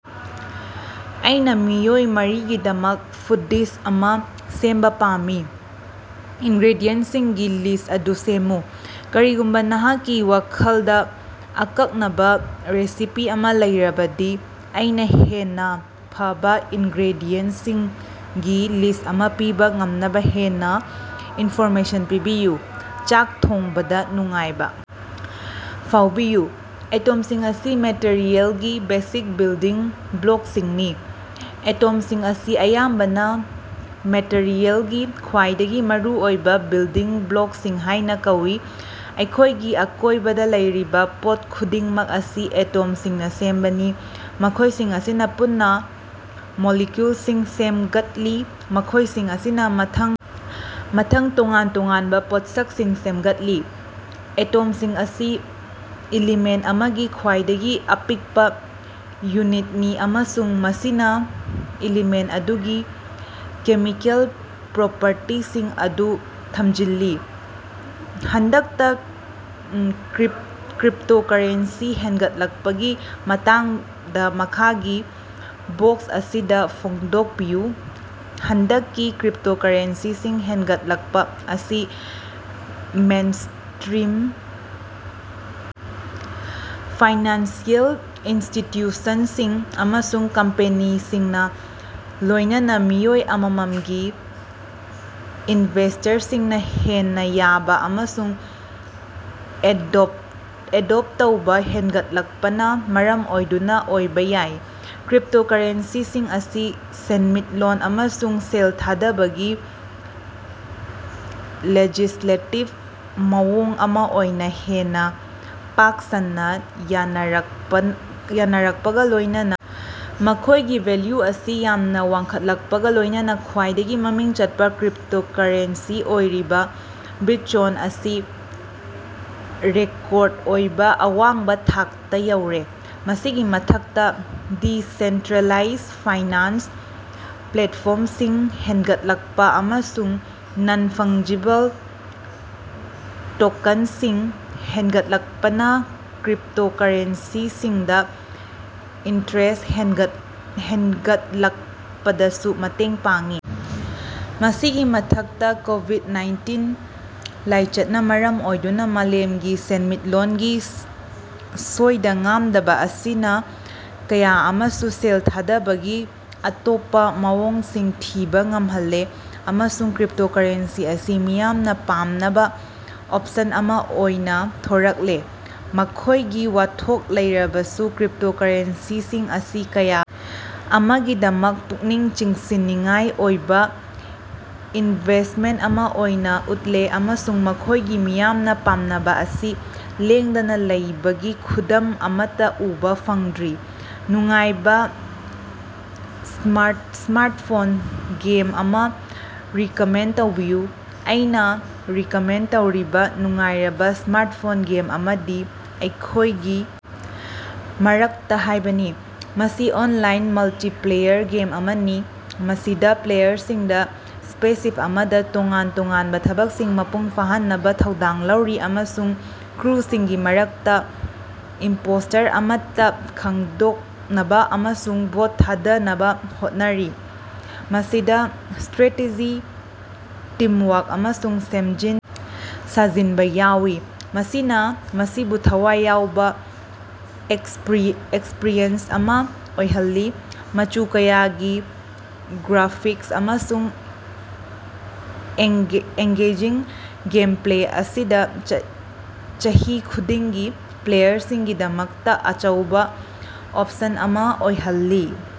ꯑꯩꯅꯥ ꯃꯤꯑꯣꯏ ꯃꯔꯤꯒꯤꯗꯃꯛ food this ꯑꯃ ꯁꯦꯝꯕ ꯄꯥꯝꯃꯤ꯫ ꯏꯟꯒ꯭ꯔꯦꯗꯤꯌꯦꯟꯁꯤꯡꯒꯤ ꯂꯤꯁ꯭ꯠ ꯑꯗꯨ ꯁꯦꯝꯃꯨ꯫ ꯀꯔꯤꯒꯨꯝꯕ ꯅꯍꯥꯛꯀꯤ ꯋꯥꯈꯜꯗ ꯑꯀꯛꯅꯕꯥ ꯔꯦꯁꯤꯄꯤ ꯑꯃ ꯂꯩꯔꯕꯗꯤ, ꯑꯩꯅꯥ ꯍꯦꯟꯅ ꯐꯕꯥ ꯏꯟꯒ꯭ꯔꯦꯗꯤꯌꯦꯟꯇꯁꯤꯡꯒꯤ ꯂꯤꯁ꯭ꯠ ꯑꯃ ꯄꯤꯕ ꯉꯝꯅꯕ ꯍꯦꯟꯅ ꯏꯟꯐꯣꯔꯃꯦꯁꯟ ꯄꯤꯕꯤꯌꯨ꯫ ꯆꯥꯛ ꯊꯣꯡꯕꯗꯥ ꯅꯨꯡꯉꯥꯏꯕ ꯐꯥꯎꯕꯤꯌꯨ꯫ ꯑꯦꯇꯣꯝꯁꯤꯡ ꯑꯁꯤ ꯃꯦꯇꯔꯤꯑꯦꯜꯒꯤ ꯕꯦꯁꯤꯛ ꯕꯤꯜꯗꯤꯡ ꯕ꯭ꯂꯣꯛꯁꯤꯡꯅꯤ꯫ ꯑꯦꯇꯣꯝꯁꯤꯡ ꯑꯁꯤ ꯑꯌꯥꯝꯕꯅ ꯃꯦꯇꯔꯤꯑꯦꯜꯒꯤ ꯈ꯭ꯋꯥꯏꯗꯒꯤ ꯃꯔꯨꯑꯣꯏꯕ ꯕꯤꯜꯗꯤꯡ ꯕ꯭ꯂꯣꯛꯁꯤꯡ ꯍꯥꯏꯅ ꯀꯧꯏ꯫ ꯑꯩꯈꯣꯏꯒꯤ ꯑꯀꯣꯏꯕꯗ ꯂꯩꯔꯤꯕ ꯄꯣꯠ ꯈꯨꯗꯤꯡꯃꯛ ꯑꯁꯤ ꯑꯦꯇꯣꯝꯁꯤꯡꯅ ꯁꯦꯝꯕꯅꯤ, ꯃꯈꯣꯏꯁꯤꯡ ꯑꯁꯤꯅ ꯄꯨꯟꯅ ꯃꯣꯂꯤꯀꯨꯜꯁꯤꯡ ꯁꯦꯝꯒꯠꯂꯤ, ꯃꯈꯣꯏꯁꯤꯡ ꯑꯁꯤꯅ ꯃꯊꯪ ꯃꯊꯪ ꯇꯣꯉꯥꯟ ꯇꯣꯉꯥꯟꯕ ꯄꯣꯠꯁꯛꯁꯤꯡ ꯁꯦꯝꯒꯠꯂꯤ꯫ ꯑꯦꯇꯣꯝꯁꯤꯡ ꯑꯁꯤ ꯏꯂꯤꯃꯦꯟ ꯑꯃꯒꯤ ꯈ꯭ꯋꯥꯏꯗꯒꯤ ꯑꯄꯤꯛꯄꯥ ꯌꯨꯅꯤꯠꯅꯤ ꯑꯃꯁꯨꯡ ꯃꯁꯤꯅ ꯏꯂꯤꯃꯦꯟ ꯑꯗꯨꯒꯤ ꯀꯦꯃꯤꯀꯦꯜ ꯄ꯭ꯔꯣꯄꯔꯇꯤꯁꯤꯡ ꯑꯗꯨ ꯊꯝꯖꯤꯜꯂꯤ꯫ ꯍꯟꯗꯛꯇꯥ ꯀ꯭ꯔꯤꯞꯇꯣꯀꯔꯦꯟꯁꯤ ꯍꯦꯟꯒꯠꯂꯛꯄꯒꯤ ꯃꯇꯥꯡꯗ ꯃꯈꯥꯒꯤ ꯕꯣꯛꯁ ꯑꯁꯤꯗ ꯐꯣꯡꯗꯣꯛꯄꯤꯌꯨ꯫ ꯍꯟꯗꯛꯀꯤ ꯀ꯭ꯔꯤꯞꯇꯣꯀꯔꯦꯟꯁꯤꯁꯤꯡ ꯍꯦꯟꯒꯠꯂꯛꯄ ꯑꯁꯤ ꯃꯦꯟꯁ꯭ꯇꯔꯤꯝ ꯐꯥꯏꯅꯥꯟꯁꯤꯑꯦꯜ ꯏꯟꯁꯇꯤꯇꯌꯨꯁꯟꯁꯤꯡ ꯑꯃꯁꯨꯡ ꯀꯝꯄꯦꯅꯤꯁꯤꯡꯅ, ꯂꯣꯏꯅꯅ ꯃꯤꯑꯣꯏ ꯑꯃꯝꯃꯒꯤ ꯏꯅꯚꯦꯁ꯭ꯇꯔꯁꯤꯡꯅ ꯍꯦꯟꯅ ꯌꯥꯕ ꯑꯃꯁꯨꯡ ꯑꯦꯗꯣꯞꯇ ꯇꯧꯕꯥ ꯍꯦꯟꯒꯠꯂꯛꯄꯅ ꯃꯔꯝ ꯑꯣꯏꯗꯨꯅ ꯑꯣꯏꯕ ꯌꯥꯏ꯫ ꯀ꯭ꯔꯤꯞꯇꯣꯀꯔꯦꯟꯁꯤꯁꯤꯡ ꯑꯁꯤ ꯁꯦꯟꯃꯤꯠꯂꯣꯟ ꯑꯃꯁꯨꯡ ꯁꯦꯜ ꯊꯥꯗꯕꯒꯤ ꯂꯦꯖꯤꯁꯂꯦꯇꯤꯕ ꯃꯑꯣꯡ ꯑꯃ ꯑꯣꯏꯅ ꯍꯦꯟꯅ ꯄꯥꯛ ꯁꯟꯅ ꯌꯥꯅꯔꯛꯄꯒꯥ ꯂꯣꯏꯅꯅ ꯃꯈꯣꯏꯒꯤ ꯚꯦꯜꯌꯨ ꯑꯁꯤ ꯌꯥꯝꯅ ꯋꯥꯡꯈꯠꯂꯛꯄꯒ ꯂꯣꯏꯅꯅ ꯈꯋꯥ꯭ꯏꯗꯒꯤ ꯃꯃꯤꯡ ꯆꯠꯄ ꯀ꯭ꯔꯤꯞꯇꯣꯀꯔꯦꯟꯁꯤ ꯑꯣꯏꯔꯤꯕ ꯕꯤꯠꯆꯣꯟ ꯑꯁꯤ ꯔꯦꯀꯣꯔꯗ ꯑꯣꯏꯕ ꯑꯋꯥꯡꯕ ꯊꯥꯛꯇ ꯌꯧꯔꯦ꯫ ꯃꯁꯤꯒꯤ ꯃꯊꯛꯇꯥ, ꯗꯤꯁꯦꯟꯇ꯭ꯔꯦꯂꯥꯏꯖ ꯐꯥꯏꯅꯥꯟꯁ ꯄ꯭ꯂꯦꯠꯐꯣꯔꯝꯁꯤꯡ ꯍꯦꯟꯒꯠꯂꯛꯄ ꯑꯃꯁꯨꯡ ꯅꯟ-ꯐꯪꯖꯤꯕꯜ ꯇꯣꯀꯟꯁꯤꯡ ꯍꯦꯟꯒꯠꯂꯛꯄꯅ ꯀ꯭ꯔꯤꯞꯇꯣꯀꯔꯦꯟꯁꯤꯁꯤꯡꯗꯥ ꯏꯟꯇ꯭ꯔꯦꯁ ꯍꯦꯟꯒꯠꯂꯛꯄꯗꯁꯨ ꯃꯇꯦꯡ ꯄꯥꯡꯂꯤ꯫ ꯃꯁꯤꯒꯤ ꯃꯊꯛꯇꯥ, ꯀꯣꯕꯤꯗ-ꯅꯥꯏꯟꯇꯤꯟ ꯂꯥꯏꯆꯠꯅ ꯃꯔꯝ ꯑꯣꯏꯗꯨꯅ ꯃꯥꯂꯦꯝꯒꯤ ꯁꯦꯟꯃꯤꯠꯂꯣꯟꯒꯤ ꯁꯣꯏꯗ-ꯉꯥꯝꯗꯕ ꯑꯁꯤꯅꯥ ꯀꯌꯥ ꯑꯃꯁꯨ ꯁꯦꯜ ꯊꯥꯗꯕꯒꯤ ꯑꯇꯣꯞꯄꯥ ꯃꯑꯣꯡꯁꯤꯡ ꯊꯤꯕꯥ ꯉꯝꯍꯜꯂꯦ, ꯑꯃꯁꯨꯡ ꯀ꯭ꯔꯤꯞꯇꯣꯀꯔꯦꯟꯁꯤ ꯑꯁꯤ ꯃꯤꯌꯥꯝꯅ ꯄꯥꯝꯅꯕ ꯑꯣꯞꯁꯟ ꯑꯃ ꯑꯣꯏꯅ ꯊꯣꯔꯛꯂꯦ꯫ ꯃꯈꯣꯏꯒꯤ ꯋꯥꯊꯣꯛ ꯂꯩꯔꯕꯁꯨ, ꯀ꯭ꯔꯤꯞꯇꯣꯀꯔꯦꯟꯁꯤꯁꯤꯡ ꯑꯁꯤ ꯀꯌꯥ ꯑꯃꯒꯤꯗꯃꯛ ꯄꯨꯛꯅꯤꯡ ꯆꯤꯡꯁꯤꯟꯅꯤꯡꯉꯥꯏ ꯑꯣꯏꯕꯥ ꯏꯟꯚꯦꯁ꯭ꯇꯃꯦꯟ ꯑꯃ ꯑꯣꯏꯅ ꯎꯠꯂꯦ ꯑꯃꯁꯨꯡ ꯃꯈꯣꯏꯒꯤ ꯃꯤꯌꯥꯝꯅ ꯄꯥꯝꯅꯕ ꯑꯁꯤ ꯂꯦꯡꯗꯅꯥ ꯂꯩꯕꯒꯤ ꯈꯨꯗꯝ ꯑꯃꯠꯇ ꯎꯕ ꯐꯪꯗ꯭ꯔꯤ꯫ ꯅꯨꯡꯉꯥꯏꯕ ꯁ꯭ꯃꯥꯔꯠꯐꯣꯟ ꯒꯦꯝ ꯑꯃ ꯔꯤꯀꯃꯦꯟ ꯇꯧꯕꯤꯌꯨ꯫ ꯑꯩꯅ ꯔꯤꯀꯃꯦꯟ ꯇꯧꯔꯤꯕ ꯅꯨꯡꯉꯥꯏꯔꯕ ꯁ꯭ꯃꯥꯔꯠꯐꯣꯟ ꯒꯦꯝ ꯑꯃꯗꯤ "ꯑꯩꯈꯣꯏꯒꯤ ꯃꯔꯛꯇꯥ" ꯍꯥꯏꯕꯅꯤ꯫ ꯃꯁꯤ ꯑꯣꯟꯂꯥꯏꯟ ꯃꯜꯇꯤꯄ꯭ꯂꯦꯌꯔ ꯒꯦꯝ ꯑꯃꯅꯤ ꯃꯁꯤꯗ ꯄ꯭ꯂꯦꯌꯔꯁꯤꯡꯗꯥ ꯁ꯭ꯄꯦꯁꯁꯤꯞ ꯑꯃꯗ ꯇꯣꯉꯥꯟ ꯇꯣꯉꯥꯟꯕ ꯊꯕꯛꯁꯤꯡ ꯃꯄꯨꯡ ꯐꯥꯍꯟꯅꯕ ꯊꯧꯗꯥꯡ ꯂꯧꯔꯤ ꯑꯃꯁꯨꯡ ꯀ꯭ꯔꯨꯁꯤꯡꯒꯤ ꯃꯔꯛꯇꯥ ꯏꯝꯄꯣꯁꯇꯔ ꯑꯃꯠꯇ ꯈꯪꯗꯣꯛꯅꯕ ꯑꯃꯁꯨꯡ ꯚꯣꯠ ꯊꯥꯗꯅꯕ ꯍꯣꯠꯅꯔꯤ꯫ ꯃꯁꯤꯗꯥ ꯁꯇ꯭꯭ꯔꯦꯇꯦꯖꯤ, ꯇꯤꯝꯋꯥꯔꯛ ꯑꯃꯁꯨꯡ ꯁꯦꯝꯖꯤꯟ ꯁꯥꯖꯤꯟꯕ ꯌꯥꯎꯏ, ꯃꯁꯤꯅ ꯃꯁꯤꯕꯨ ꯊꯋꯥꯏ ꯌꯥꯎꯕ ꯑꯦꯛꯁꯄ꯭ꯔꯤꯌꯦꯟꯁ ꯑꯃ ꯑꯣꯏꯍꯜꯂꯤ꯫ ꯃꯆꯨ ꯀꯌꯥꯒꯤ ꯒ꯭ꯔꯥꯐꯤꯛꯁ ꯑꯃꯁꯨꯡ ꯑꯦꯡꯒꯦꯖꯤꯡ ꯒꯦꯝꯄ꯭ꯂꯦ ꯑꯁꯤꯅ ꯆꯍꯤ ꯈꯨꯗꯤꯡꯒꯤ ꯄ꯭ꯂꯦꯌꯔꯁꯤꯡꯒꯤꯗꯃꯛꯇꯥ ꯑꯆꯧꯕ ꯑꯣꯞꯁꯟ ꯑꯃ ꯑꯣꯏꯍꯜꯂꯤ꯫